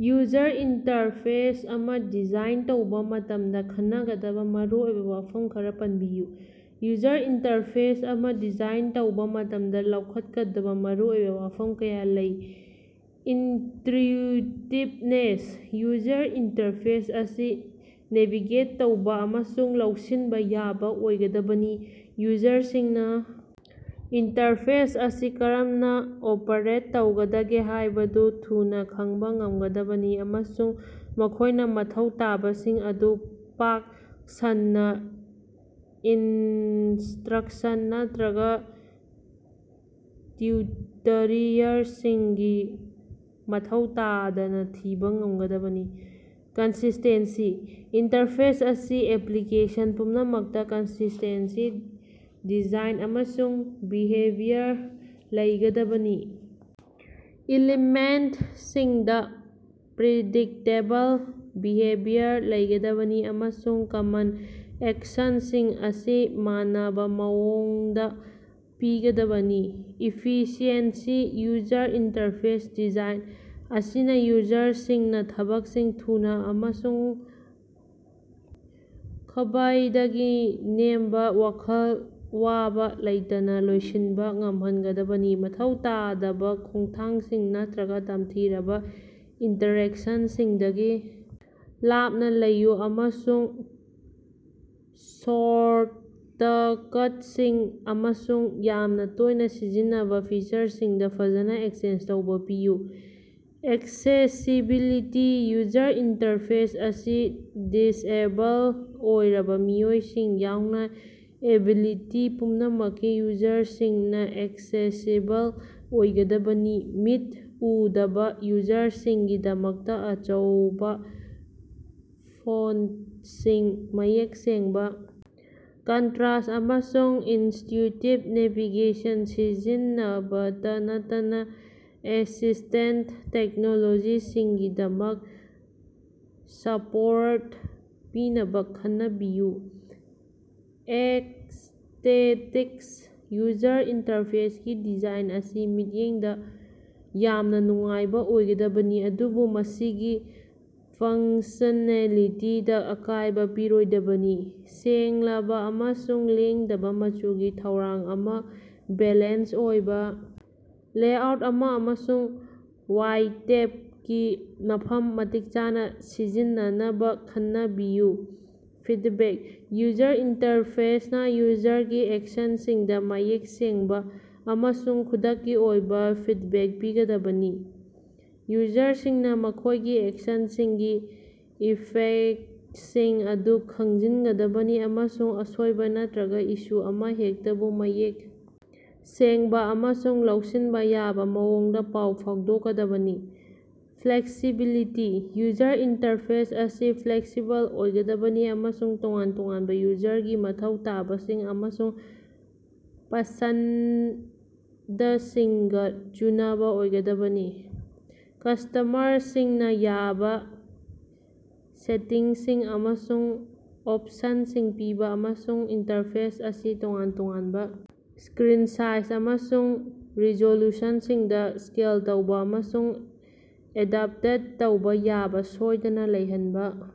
User interface ꯑꯃ design ꯇꯧꯕ ꯃꯇꯝꯗ ꯈꯟꯅꯒꯗꯕ ꯃꯔꯨꯑꯣꯏꯕ ꯋꯥꯐꯝ ꯈꯔ ꯄꯟꯕꯤꯌꯨ꯫ ꯌꯨꯖꯔ ꯏꯟꯇꯔꯐꯦꯁ ꯑꯃ ꯗꯤꯖꯥꯏꯟ ꯇꯧꯕ ꯃꯇꯝꯗ, ꯂꯧꯈꯠꯀꯗꯕ ꯃꯔꯨꯑꯣꯏꯕ ꯋꯥꯐꯝ ꯀꯌꯥ ꯂꯩ: ꯏꯟꯇ꯭ꯌꯨꯏꯇꯤꯚꯅꯦꯁ: ꯌꯨꯖꯔ ꯏꯟꯇꯔꯐꯦꯁ ꯑꯁꯤ ꯅꯦꯚꯤꯒꯦꯠ ꯇꯧꯕ ꯑꯃꯁꯨꯡ ꯂꯧꯁꯤꯟꯕ ꯌꯥꯕ ꯑꯣꯏꯒꯗꯕꯅꯤ꯫ ꯌꯨꯖꯔꯁꯤꯡꯅ ꯏꯟꯇꯔꯐꯦꯁ ꯑꯁꯤ ꯀꯔꯝꯅ ꯑꯣꯄꯔꯦꯠ ꯇꯧꯒꯗꯒꯦ ꯍꯥꯏꯕꯗꯨ ꯊꯨꯅ ꯈꯪꯕ ꯉꯝꯒꯗꯕꯅꯤ ꯑꯃꯁꯨꯡ ꯃꯈꯣꯏꯅ ꯃꯊꯧ ꯇꯥꯕꯁꯤꯡ ꯑꯗꯨ ꯄꯥꯛ ꯁꯟꯅ ꯏꯟꯁ꯭ꯇꯔꯛꯁꯟ ꯅꯠꯇ꯭ꯔꯒ ꯇ꯭ꯌꯨꯇꯔꯤꯌꯔꯁꯤꯡꯒꯤ ꯃꯊꯧ ꯇꯥꯗꯅ ꯊꯤꯕ ꯉꯝꯒꯗꯕꯅꯤ꯫ ꯀꯟꯁꯤꯁ꯭ꯇꯦꯟꯁꯤ: ꯏꯟꯇꯔꯐꯦꯁ ꯑꯁꯤ ꯑꯦꯄ꯭ꯂꯤꯀꯦꯁꯟ ꯄꯨꯝꯅꯃꯛꯇ ꯀꯟꯁꯤꯁ꯭ꯇꯦꯟꯁꯤ ꯗꯤꯖꯥꯏꯟ ꯑꯃꯁꯨꯡ ꯕꯤꯍꯦꯕꯤꯌꯔ ꯂꯩꯒꯗꯕꯅꯤ꯫ ꯏꯂꯤꯃꯦꯟꯇꯁꯤꯡꯗ ꯄ꯭ꯔꯤꯗꯤꯛꯇꯦꯕꯜ ꯕꯤꯍꯦꯕꯤꯌꯔ ꯂꯩꯒꯗꯕꯅꯤ, ꯑꯃꯁꯨꯡ ꯀꯃꯟ ꯑꯦꯛꯁꯟꯁꯤꯡ ꯑꯁꯤ ꯃꯥꯟꯅꯕ ꯃꯑꯣꯡꯗ ꯄꯤꯒꯗꯕꯅꯤ꯫ ꯏꯐꯤꯁꯤꯑꯦꯟꯁꯤ: ꯌꯨꯖꯔ ꯏꯟꯇꯔꯐꯦꯁ ꯗꯤꯖꯥꯏꯟ ꯑꯁꯤꯅ ꯌꯨꯖꯔꯁꯤꯡꯅ ꯊꯕꯛꯁꯤꯡ ꯊꯨꯅ ꯑꯃꯁꯨꯡ ꯈ꯭ꯕꯥꯏꯗꯒꯤ ꯅꯦꯝꯕ ꯋꯥꯈꯜ ꯋꯥꯕ ꯂꯩꯇꯅ ꯂꯣꯏꯁꯤꯟꯕ ꯉꯝꯍꯟꯒꯗꯕꯅꯤ꯫ ꯃꯊꯧ ꯇꯥꯗꯕ ꯈꯣꯡꯊꯥꯡꯁꯤꯡ ꯅꯠꯇ꯭ꯔꯒ ꯇꯝꯊꯤꯔꯕ ꯏꯟꯇꯔꯦꯛꯁꯟꯁꯤꯡꯗꯒꯤ ꯂꯥꯞꯅ ꯂꯩꯌꯨ, ꯑꯃꯁꯨꯡ ꯁꯣꯔꯇꯀꯠꯁꯤꯡ ꯑꯃꯁꯨꯡ ꯌꯥꯝꯅ ꯇꯣꯏꯅ ꯁꯤꯖꯤꯟꯅꯕ ꯐꯤꯆꯔꯁꯤꯡꯗ ꯐꯖꯅ ꯑꯦꯛꯁꯦꯁ ꯇꯧꯕ ꯄꯤꯌꯨ꯫ ꯑꯦꯛꯁꯦꯁꯤꯕꯤꯂꯤꯇꯤ: ꯌꯨꯖꯔ ꯏꯟꯇꯔꯐꯦꯁ ꯑꯁꯤ ꯗꯤꯁꯑꯦꯕꯜ ꯑꯣꯏꯔꯕ ꯃꯤꯑꯣꯏꯁꯤꯡ ꯌꯥꯎꯅ ꯑꯦꯕꯤꯂꯤꯇꯤ ꯄꯨꯝꯅꯃꯛꯀꯤ ꯌꯨꯖꯔꯁꯤꯡꯅ ꯑꯦꯛꯁꯦꯁꯤꯕꯜ ꯑꯣꯏꯒꯗꯕꯅꯤ꯫ ꯃꯤꯠ ꯎꯗꯕ ꯌꯨꯖꯔꯁꯤꯡꯒꯤꯗꯃꯛꯇ ꯑꯆꯧꯕ ꯐꯣꯟꯇꯁꯤꯡ, ꯃꯌꯦꯛ ꯁꯦꯡꯕ ꯀꯟꯇ꯭ꯔꯥꯁ ꯑꯃꯁꯨꯡ ꯏꯟꯇ꯭ꯌꯨꯏꯇꯤꯕ ꯅꯦꯚꯤꯒꯦꯁꯟ ꯁꯤꯖꯤꯟꯅꯕꯇ ꯅꯠꯇꯅ ꯑꯦꯁꯤꯁ꯭ꯇꯦꯟꯇ ꯇꯦꯛꯅꯣꯂꯣꯖꯤꯁꯤꯡꯒꯤꯗꯃꯛ ꯁꯄꯣꯔꯠ ꯄꯤꯅꯕ ꯈꯟꯅꯕꯤꯌꯨ꯫ ꯑꯦꯁ꯭ꯇꯦꯇꯤꯛꯁ: ꯌꯨꯖꯔ ꯏꯟꯇꯔꯐꯦꯁꯀꯤ ꯗꯤꯖꯥꯏꯟ ꯑꯁꯤ ꯃꯤꯠꯌꯦꯡꯗ ꯌꯥꯝꯅ ꯅꯨꯡꯉꯥꯏꯕ ꯑꯣꯏꯒꯗꯕꯅꯤ, ꯑꯗꯨꯕꯨ ꯃꯁꯤꯒꯤ ꯐꯪꯁꯅꯦꯂꯤꯇꯤꯗ ꯑꯀꯥꯏꯕ ꯄꯤꯔꯣꯏꯗꯕꯅꯤ꯫ ꯁꯦꯡꯂꯕ ꯑꯃꯁꯨꯡ ꯂꯦꯡꯗꯕ ꯃꯆꯨꯒꯤ ꯊꯧꯔꯥꯡ ꯑꯃ, ꯕꯦꯂꯦꯟꯁ ꯑꯣꯏꯕ ꯂꯦꯑꯥꯎꯠ ꯑꯃ ꯑꯃꯁꯨꯡ ꯋꯥꯏꯇꯦꯞꯀꯤ ꯃꯐꯝ ꯃꯇꯤꯛ ꯆꯥꯅ ꯁꯤꯖꯤꯟꯅꯅꯕ ꯈꯟꯅꯕꯤꯌꯨ꯫ ꯐꯤꯗꯕꯦꯛ: ꯌꯨꯖꯔ ꯏꯟꯇꯔꯐꯦꯁꯅ ꯌꯨꯖꯔꯒꯤ ꯑꯦꯛꯁꯟꯁꯤꯡꯗ ꯃꯌꯦꯛ ꯁꯦꯡꯕ ꯑꯃꯁꯨꯡ ꯈꯨꯗꯛꯀꯤ ꯑꯣꯏꯕ ꯐꯤꯗꯕꯦꯛ ꯄꯤꯒꯗꯕꯅꯤ꯫ ꯌꯨꯖꯔꯁꯤꯡꯅ ꯃꯈꯣꯏꯒꯤ ꯑꯦꯛꯁꯟꯁꯤꯡꯒꯤ ꯏꯐꯦꯛꯇꯁꯤꯡ ꯑꯗꯨ ꯈꯪꯖꯤꯟꯒꯗꯕꯅꯤ, ꯑꯃꯁꯨꯡ ꯑꯁꯣꯏꯕ ꯅꯠꯇ꯭ꯔꯒ ꯏꯁꯨ ꯑꯃꯍꯦꯛꯇꯕꯨ ꯃꯌꯦꯛ ꯁꯦꯡꯕ ꯑꯃꯁꯨꯡ ꯂꯧꯁꯤꯟꯕ ꯌꯥꯕ ꯃꯑꯣꯡꯗ ꯄꯥꯎ ꯐꯥꯎꯗꯣꯛꯀꯗꯕꯅꯤ꯫ ꯐ꯭ꯂꯦꯛꯁꯤꯕꯤꯂꯤꯇꯤ: ꯌꯨꯖꯔ ꯏꯟꯇꯔꯐꯦꯁ ꯑꯁꯤ ꯐ꯭ꯂꯦꯛꯁꯤꯕꯜ ꯑꯣꯏꯒꯗꯕꯅꯤ ꯑꯃꯁꯨꯡ ꯇꯣꯉꯥꯟ ꯇꯣꯉꯥꯟꯕ ꯌꯨꯖꯔꯒꯤ ꯃꯊꯧ ꯇꯥꯕꯁꯤꯡ ꯑꯃꯁꯨꯡ ꯄꯁꯟꯗꯁꯤꯡꯒꯥ ꯆꯨꯅꯕꯥ ꯑꯣꯏꯒꯗꯕꯅꯤ꯫ ꯀꯁ꯭ꯇꯃꯔꯁꯤꯡꯅ ꯌꯥꯕ ꯁꯦꯇꯤꯡꯁꯤꯡ ꯑꯃꯁꯨꯡ ꯑꯣꯞꯁꯟꯁꯤꯡ ꯄꯤꯕ ꯑꯃꯁꯨꯡ ꯏꯟꯇꯔꯐꯦꯁ ꯑꯁꯤ ꯇꯣꯉꯥꯟ-ꯇꯣꯉꯥꯟꯕ ꯁ꯭ꯀꯔꯤꯟ ꯁꯥꯏꯖ ꯑꯃꯁꯨꯡ ꯔꯤꯖꯣꯂꯨꯁꯟꯁꯤꯡꯗ ꯁ꯭ꯀꯦꯜ ꯇꯧꯕ ꯑꯃꯁꯨꯡ ꯑꯦꯗꯞꯇꯦꯠ ꯇꯧꯕ ꯌꯥꯕ ꯁꯣꯏꯗꯅ ꯂꯩꯍꯟꯕ꯫